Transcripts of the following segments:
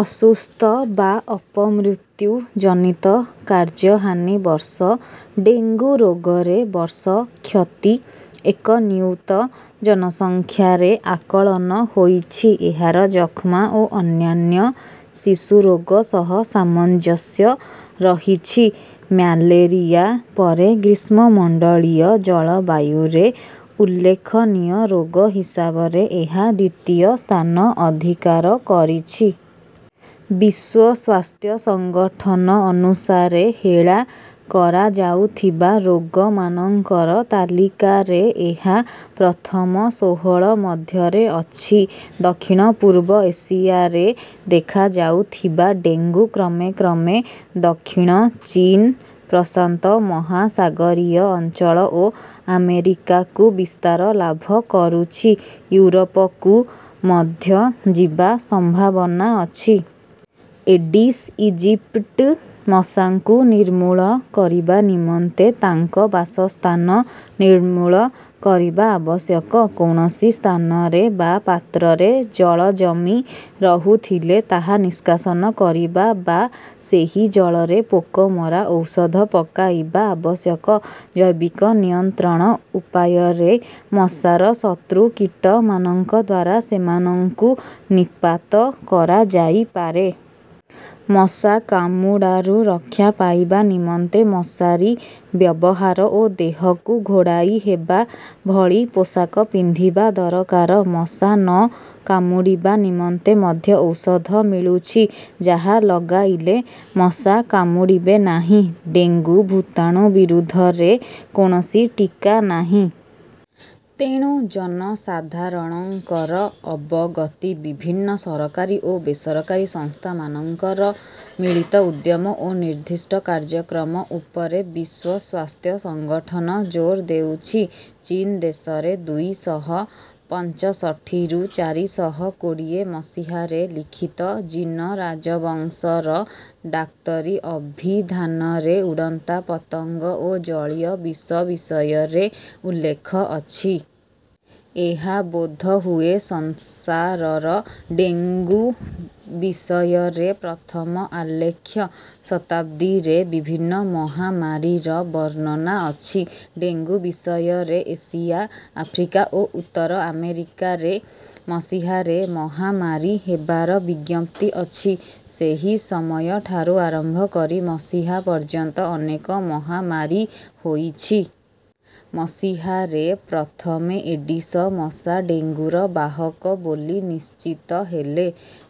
ଅସୁସ୍ଥ ବା ଅପମୃତ୍ୟୁ ଜନିତ କାର୍ଯ୍ୟହାନି ବର୍ଷ। ଡେଙ୍ଗୁ ରୋଗରେ ବର୍ଷ କ୍ଷତି ଏକ ନିୟୁତ ଜନସଂଖ୍ୟାରେ ଆକଳନ ହୋଇଛି। ଏହାର ଯକ୍ଷ୍ମା ଓ ଅନ୍ୟାନ୍ୟ ଶିଶୁରୋଗ ସହ ସାମଞ୍ଜସ୍ୟ ରହିଛି। ମ୍ୟାଲେରିଆ ପରେ ଗ୍ରୀଷ୍ମମଣ୍ଡଳୀୟ ଜଳବାୟୁରେ ଉଲ୍ଲେଖନୀୟ ରୋଗ ହିସାବରେ ଏହା ଦ୍ୱିତୀୟ ସ୍ଥାନ ଅଧିକାର କରିଛି। ବିଶ୍ୱ ସ୍ୱାସ୍ଥ୍ୟ ସଂଗଠନ ଅନୁସାରେ ହେଳା କରାଯାଉଥିବା ରୋଗମାନଙ୍କର ତାଲିକାରେ ଏହା ପ୍ରଥମ ଷୋହଳ ମଧ୍ୟରେ ଅଛି। ଦକ୍ଷିଣ ପୂର୍ବ ଏସିଆରେ ଦେଖାଯାଉଥିବା ଡେଙ୍ଗୁ କ୍ରମେ କ୍ରମେ ଦକ୍ଷିଣ ଚୀନ ପ୍ରଶାନ୍ତ ମହାସାଗରୀୟ ଅଞ୍ଚଳ ଓ ଆମେରିକାକୁ ବିସ୍ତାର ଲାଭ କରୁଛି। ୟୁରୋପକୁ ମଧ୍ୟ ଯିବା ସମ୍ଭାବନା ଅଛି। ଏଡିସ ଇଜିପ୍ଟି ମଶାଙ୍କୁ ନିର୍ମୂଳ କରିବା ନିମନ୍ତେ ତାଙ୍କ ବାସସ୍ଥାନ ନିର୍ମୂଳ କରିବା ଆବଶ୍ୟକ। କୌଣସି ସ୍ଥାନରେ ବା ପାତ୍ରରେ ଜଳ ଜମି ରହୁଥିଲେ ତାହା ନିଷ୍କାସନ କରିବା ବା ସେହି ଜଳରେ ପୋକ ମରା ଔଷଧ ପକାଇବା ଆବଶ୍ୟକ। ଜୈବିକ ନିୟନ୍ତ୍ରଣ ଉପାୟରେ ମଶାର ଶତ୍ରୁ କୀଟମାନଙ୍କ ଦ୍ୱାରା ସେମାନଙ୍କୁ ନିପାତ କରାଯାଇପାରେ। ମଶା କାମୁଡ଼ାରୁ ରକ୍ଷା ପାଇବା ନିମନ୍ତେ ମଶାରୀ ବ୍ୟବହାର ଓ ଦେହକୁ ଘୋଡ଼ାଇ ହେବା ଭଳି ପୋଷାକ ପିନ୍ଧିବା ଦରକାର। ମଶା ନ କାମୁଡ଼ିବା ନିମନ୍ତେ ମଧ୍ୟ ଔଷଧ ମିଳୁଛି ଯାହା ଲଗାଇଲେ ମଶା କାମୁଡ଼ିବେ ନାହିଁ। ଡେଙ୍ଗୁ ଭୂତାଣୁ ବିରୁଦ୍ଧରେ କୌଣସି ଟିକା ନାହିଁ। ତେଣୁ ଜନସାଧାରଣଙ୍କର ଅବଗତି ବିଭିନ୍ନ ସରକାରୀ ଓ ବେସରକାରୀ ସଂସ୍ଥାମାନଙ୍କର ମିଳିତ ଉଦ୍ୟମ ଓ ନିର୍ଦ୍ଦିଷ୍ଟ କାର୍ଯ୍ୟକ୍ରମ ଉପରେ ବିଶ୍ୱ ସ୍ୱାସ୍ଥ୍ୟ ସଂଗଠନ ଜୋର ଦେଉଛି। ଚୀନ ଦେଶରେ ଦୁଇ ଶହ ପଞ୍ଚଷଠିରୁ ଚାରି ଶହ କୋଡ଼ିଏ ମସିହାରେ ଲିଖିତ ଜିନ ରାଜବଂଶର ଡାକ୍ତରୀ ଅଭିଧାନରେ ଉଡ଼ନ୍ତା ପତଙ୍ଗ ଓ ଜଳୀୟ ବିଷ ବିଷୟରେ ଉଲ୍ଲେଖ ଅଛି। ଏହା ବୋଧହୁଏ ସଂସାରର ଡେଙ୍ଗୁ ବିଷୟରେ ପ୍ରଥମ ଆଲେଖ୍ୟ। ଶତାବ୍ଦୀରେ ବିଭିନ୍ନ ମହାମାରୀର ବର୍ଣ୍ଣନା ଅଛି। ଡେଙ୍ଗୁ ବିଷୟରେ ଏସିଆ ଆଫ୍ରିକା ଓ ଉତ୍ତର ଆମେରିକାରେ ମସିହାରେ ମହାମାରୀ ହେବାର ବିଜ୍ଞପ୍ତି ଅଛି। ସେହି ସମୟଠାରୁ ଆରମ୍ଭ କରି ମସିହା ପର୍ଯ୍ୟନ୍ତ ଅନେକ ମହାମାରୀ ହୋଇଛି। ମସିହାରେ ପ୍ରଥମେ ଏଡିସ ମଶା ଡେଙ୍ଗୁର ବାହକ ବୋଲି ନିଶ୍ଚିତ ହେଲେ।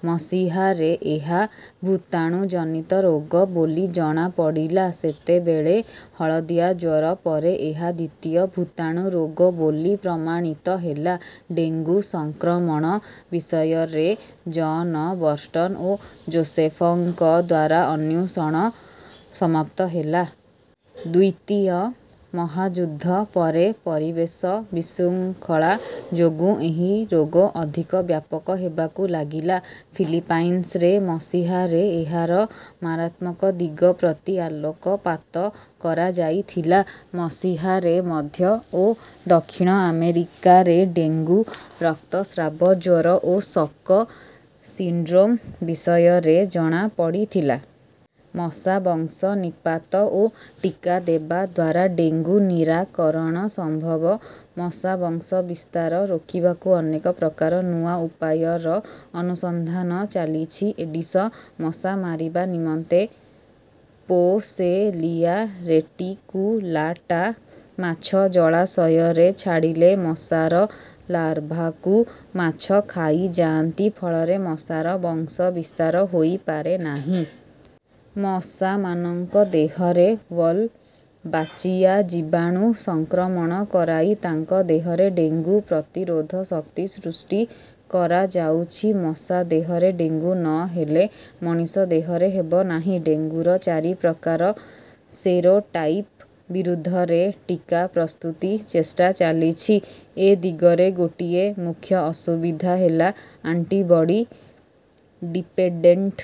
ମସିହାରେ ଏହା ଭୂତାଣୁ ଜନିତ ରୋଗ ବୋଲି ଜଣାପଡ଼ିଲା। ସେତେବେଳେ ହଳଦିଆ ଜ୍ୱର ପରେ ଏହା ଦ୍ୱିତୀୟ ଭୂତାଣୁ ରୋଗ ବୋଲି ପ୍ରମାଣିତ ହେଲା। ଡେଙ୍ଗୁ ସଂକ୍ରମଣ ବିଷୟରେ ଜନ ବର୍ଟନ ଓ ଜୋସେଫଙ୍କ ଦ୍ୱାରା ଅନ୍ୱେଷଣ ସମାପ୍ତ ହେଲା। ଦ୍ୱିତୀୟ ମହାଯୁଦ୍ଧ ପରେ ପରିବେଶ ବିଶୃଙ୍ଖଳା ଯୋଗୁଁ ଏହି ରୋଗ ଅଧିକ ବ୍ୟାପକ ହେବାକୁ ଲାଗିଲା। ଫିଲିପାଇନ୍ସରେ ମସିହାରେ ଏହାର ମାରାତ୍ମକ ଦିଗ ପ୍ରତି ଆଲୋକପାତ କରାଯାଇଥିଲା। ମସିହାରେ ମଧ୍ୟ ଓ ଦକ୍ଷିଣ ଆମେରିକାରେ ଡେଙ୍ଗୁ ରକ୍ତସ୍ରାବ ଜ୍ୱର ଓ ସକ ସିଣ୍ଡ୍ରୋମ ବିଷୟରେ ଜଣାପଡ଼ିଥିଲା। ମଶା ବଂଶ ନିପାତ ଓ ଟିକା ଦେବା ଦ୍ୱାରା ଡେଙ୍ଗୁ ନିରାକରଣ ସମ୍ଭବ। ମଶା ବଂଶ ବିସ୍ତାର ରୋକିବାକୁ ଅନେକ ପ୍ରକାର ନୂଆ ଉପାୟର ଅନୁସନ୍ଧାନ ଚାଲିଛି। ଏଡିସ ମଶା ମାରିବା ନିମନ୍ତେ ପୋସେଲିଆ ରେଟିକୁଲାଟା ମାଛ ଜଳାଶୟରେ ଛାଡ଼ିଲେ ମଶାର ଲାର୍ଭାକୁ ମାଛ ଖାଇଯାଆନ୍ତି ଫଳରେ ମଶାର ବଂଶ ବିସ୍ତାର ହୋଇପାରେ ନାହିଁ। ମଶାମାନଙ୍କ ଦେହରେ ୱଲବାଚିଆ ଜୀବାଣୁ ସଂକ୍ରମଣ କରାଇ ତାଙ୍କ ଦେହରେ ଡେଙ୍ଗୁ ପ୍ରତିରୋଧ ଶକ୍ତି ସୃଷ୍ଟି କରାଯାଉଛି। ମଶା ଦେହରେ ଡେଙ୍ଗୁ ନ ହେଲେ ମଣିଷ ଦେହରେ ହେବ ନାହିଁ। ଡେଙ୍ଗୁର ଚାରି ପ୍ରକାର ସେରୋଟାଇପ ବିରୁଦ୍ଧରେ ଟିକା ପ୍ରସ୍ତୁତି ଚେଷ୍ଟା ଚାଲିଛି। ଏ ଦିଗରେ ଗୋଟିଏ ମୁଖ୍ୟ ଅସୁବିଧା ହେଲା ଆଣ୍ଟିବଡ଼ି ଡିପେଣ୍ଡେଣ୍ଟ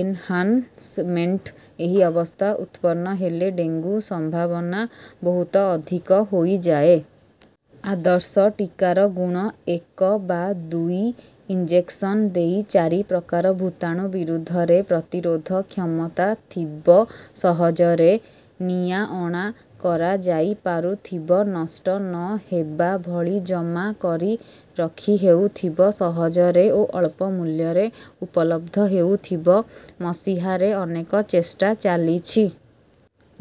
ଏନହାନସମେଣ୍ଟ ଏହି ଅବସ୍ଥା ଉତ୍ପନ୍ନ ହେଲେ ଡେଙ୍ଗୁ ସମ୍ଭାବନା ବହୁତ ଅଧିକ ହୋଇଯାଏ। ଆଦର୍ଶ ଟିକାର ଗୁଣ ଏକ ବା ଦୁଇ ଇଞ୍ଜେକସନ ଦେଇ ଚାରି ପ୍ରକାର ଭୂତାଣୁ ବିରୁଦ୍ଧରେ ପ୍ରତିରୋଧ କ୍ଷମତା ଥିବ ସହଜରେ ନିଆଅଣା କରାଯାଇପାରୁଥିବ ନଷ୍ଟ ନ ହେବା ଭଳି ଜମା କରି ରଖିହେଉଥିବ ସହଜରେ ଓ ଅଳ୍ପ ମୂଲ୍ୟରେ ଉପଲବ୍ଧ ହେଉଥିବ। ମସିହାରେ ଅନେକ ଚେଷ୍ଟା ଚାଲିଛି।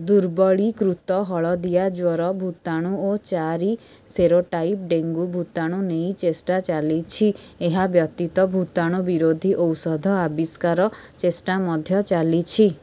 ଦୁର୍ବଳୀକୃତ ହଳଦିଆ ଜ୍ୱର ଭୂତାଣୁ ଓ ଚାରି ସେରୋଟାଇପ ଡେଙ୍ଗୁ ଭୂତାଣୁ ନେଇ ଚେଷ୍ଟା ଚାଲିଛି। ଏହା ବ୍ୟତୀତ ଭୂତାଣୁ ବିରୋଧୀ ଔଷଧ ଆବିଷ୍କାର ଚେଷ୍ଟା ମଧ୍ୟ ଚାଲିଛି।